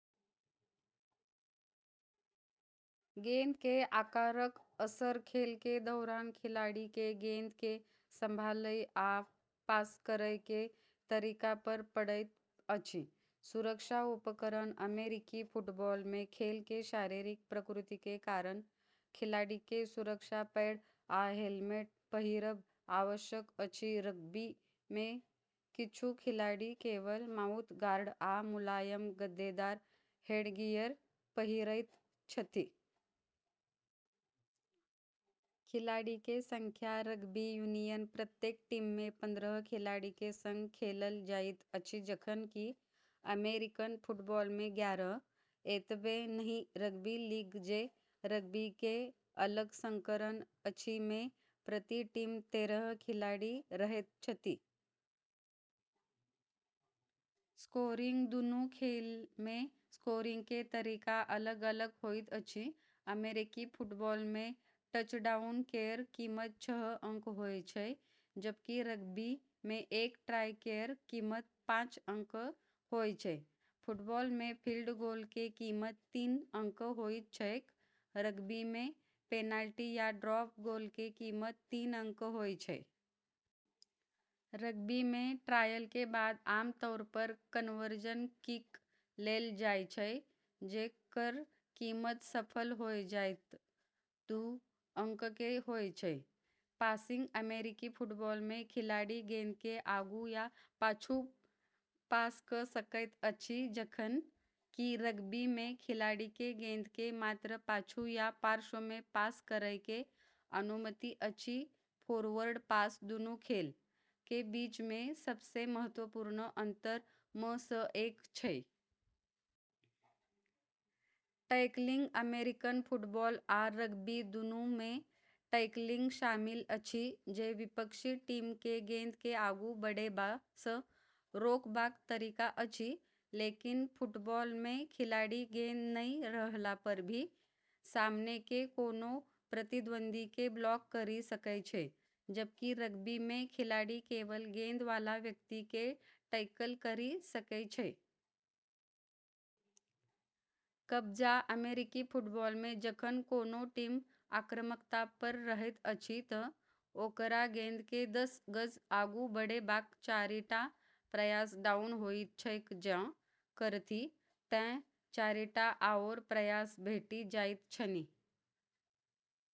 गेंद के आकारक असर खेल के दौरान खिलाड़ी के गेंद के संभालय आ पास करय के तरीका पर पड़ैत अछि। सुरक्षा उपकरण अमेरिकी फुटबॉल मे खेल के शारीरिक प्रकृति के कारण खिलाड़ी के सुरक्षा पैड आ हेलमेट पहिरब आवश्यक अछि रग्बी में किछु खिलाड़ी केवल माउथ गार्ड आ मुलायम गद्देदार हेडगियर पहिरैत छथि। खिलाड़ी के संख्या रग्बी यूनियन प्रत्येक टीम में पंद्रह खिलाड़ी के संग खेलल जाइत अछि जखन कि अमेरिकन फुटबॉल में ग्यारह। एतबे नहिं रग्बी लीग जे रग्बी के अलग संस्करण अछि में प्रति टीम तेरह खिलाड़ी रहैत छथि। स्कोरिंग दुनू खेल मे स्कोरिंग के तरीका अलग अलग होइत अछि अमेरिकी फुटबॉल में टचडाउन केरऽ कीमत छह अंक होय छै जबकि रग्बी में एक ट्राय केरऽ कीमत पाँच अंक होय छै। फुटबॉल में फील्ड गोल के कीमत तीन अंक होइत छैक रग्बी में पेनाल्टी या ड्रॉप गोल के कीमत तीन अंक होय छै। रग्बी में ट्रायल के बाद आमतौर पर कन्वर्जन किक लेलऽ जाय छै जेकरऽ कीमत सफल होय जाय तऽ दू अंक के होय छै। पासिंग अमेरिकी फुटबॉल में खिलाड़ी गेंद के आगू या पाछू पास क सकैत अछि जखन कि रग्बी में खिलाड़ी के गेंद के मात्र पाछू या पार्श्व में पास करय के अनुमति अछि फोरवर्ड पास दूनू खेलऽ के बीच सबसें महत्वपूर्ण अंतर मऽ सऽ एक छै। टैकलिंग अमेरिकन फुटबॉल आ रग्बी दुनू मे टैकलिंग शामिल अछि जे विपक्षी टीम के गेंद के आगू बढ़ेबा स रोकबाक तरीका अछि। लेकिन फुटबॉल में खिलाड़ी गेंद नै रहला पर भी सामने के कोनो प्रतिद्वंदी के ब्लॉक करी सकै छै जबकि रग्बी में खिलाड़ी केवल गेंद वाला व्यक्ति के टैकल करी सकै छै। कब्जा अमेरिकी फुटबॉल में जखन कोनो टीम आक्रामकता पर रहैत अछि त ओकरा गेंद के दस गज आगू बढ़ेबाक चारि टा प्रयास डाउन होइत छैक जँ करथि तँ चारिटा आओर प्रयास भेटि जाइत छनि।